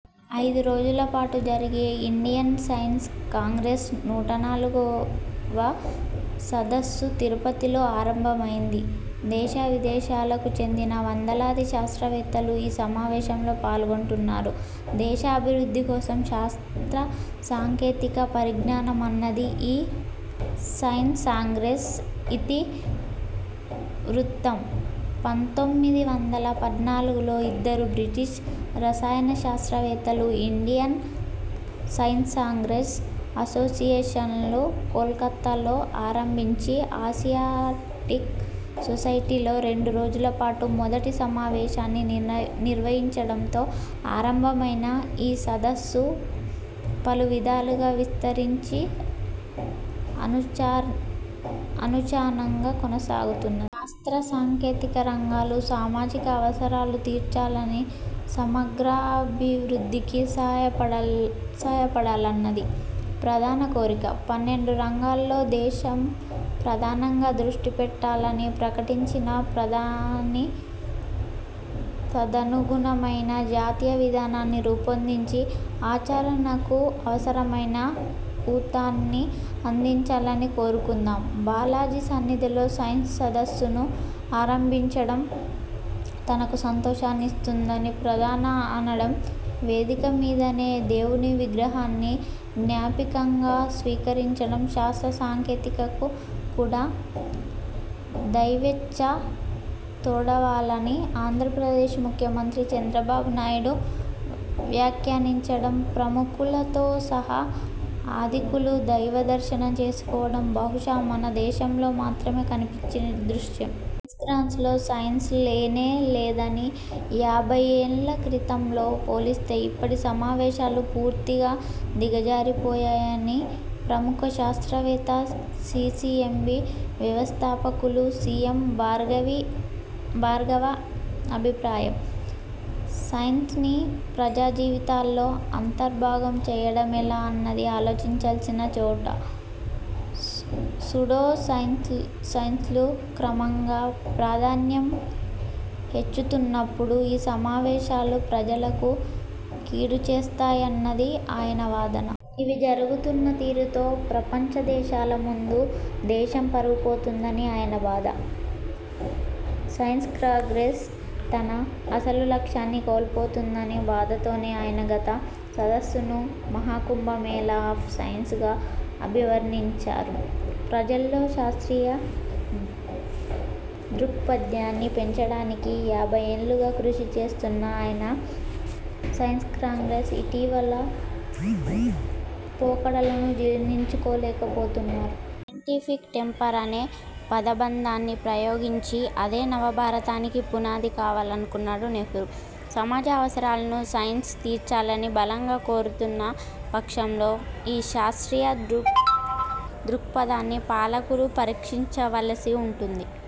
ఐదురోజుల పాటు జరిగే Indian science Congress నూట నాలుగువ సదస్సు తిరుపతిలో ఆరంభమైంది. దేశవిదేశాలకు చెందిన వందలాది శాస్త్రవేత్తలు ఈ సమావేశాల్లో పాల్గొంటున్నారు. 'దేశాభివృద్ధి కోసం శాస్త్ర సాంకేతిక పరిజ్ఞానం' అన్నది ఈ సైన్స్కాంగ్రెస్ ఇతి వృత్తం. పంతొమ్మిది వందల పద్నాలుగులో ఇద్దరు బ్రిటిష్ రసాయనశాస్త్రవేత్తలు ఇండియన్ సైన్స్కాంగ్రెస్ అసోసియేషన్ను కోల్కతాలో ఆరంభించి, ఆసియాటిక్ సొసైటీలో రెండురోజులపాటు మొదటి సమావేశాన్ని నిర్వహించడంతో ఆరంభమైన ఈసదస్సు పలువిధాలుగా విస్తరించి అన్నుచా అనూచానంగా కొనసాగుతున్నది. శాస్త్ర సాంకేతిక రంగాలు సామాజిక అవసరాలు తీర్చాలనీ, సమగ్రాభివృద్ధికి సహాయపడాలన్నది ప్రధాని కోరిక. పన్నెండు రంగాల్లో దేశం ప్రధానంగా దృష్టిపెట్టాలని ప్రకటించిన ప్రధాని తదనుగుణమైన జాతీయ విధానాన్ని రూపొందించి ఆచరణకు అవసరమైన ఊతాన్ని అందించాలని కోరుకుందాం. బాలాజీ సన్నిధిలో సైన్స్ సదస్సును ఆరంభించడం తనకు సంతోషాన్నిస్తున్నదని ప్రధాని అనడం, వేదికమీదనే దేవుని విగ్రహాన్ని జ్ఞాపికగా స్వీకరించడం, శాస్త్ర సాంకేతికతకు కూడా దైవేచ్ఛ తోడవాలని ఆంధ్రప్రదేశ్ ముఖ్యమంత్రి చంద్రబాబు నాయుడు వ్యాఖ్యానించడం, ప్రముఖులతో సహా అధికులు దైవ దర్శనం చేసుకోవడం బహుశా మనదేశంలో మాత్రమే కనిపించే దృశ్యం. సైన్స్కాంగ్రెస్లో సైన్స్ లేనేలేదనీ, యాభైయ్యేళ్ళ క్రితంలో పోలిస్తే ఇప్పటి సమావేశాలు పూర్తిగా దిగజారిపోయాయని ప్రముఖ శాస్త్రవేత్త, సీసీఎంబీ వ్యవస్థాపకులు సిఎం భార్గవి భార్గవ అభిప్రాయం. సైన్స్ని ప్రజాజీవితలో అంతర్భాగం చేయడమెలా అన్నది ఆలోచించాల్సిన చోట, సు సూడోసైన్స్కు క్రమంగా ప్రాధాన్యం హెచ్చుతున్నప్పుడు ఈ సమావేశాలు ప్రజలకు కీడుచేస్తాయన్నది ఆయన వాదన. ఇవి జరుగుతున్న తీరుతో ప్రపంచదేశాల ముందు దేశం పరువుపోతున్నదని ఆయన బాధ. సైన్స్కాంగ్రెస్ తన అసలు లక్ష్యాన్ని కోల్పోయిందన్న బాధతోనే ఆయన గత సదస్సును 'మహాకుంభమేళా ఆఫ్ సైన్స్' గా అభివర్ణించారు. ప్రజల్లో శాస్త్రీయ దృక్పథాన్ని పెంచడానికి యాభైయ్యేళ్ళుగా కృషి చేస్తున్న ఆయన, సైన్స్కాంగ్రెస్ ఇటీవల పోకడలను జీర్ణించుకోలేకపోతున్నారు. సైంటిఫిక్ టెంపర్ అనే పదబంధాన్ని ప్రయోగించి అదే నవభారతానికి పునాది కావాలనుకున్నాడు నెహ్రూ. సమాజ అవసరాలను సైన్స్ తీర్చాలని బలంగా కోరుతున్న పక్షంలో ఈ శాస్త్రీయ దృక్పథాన్ని పాలకులు పరిరక్షించవలసి ఉంటుంది.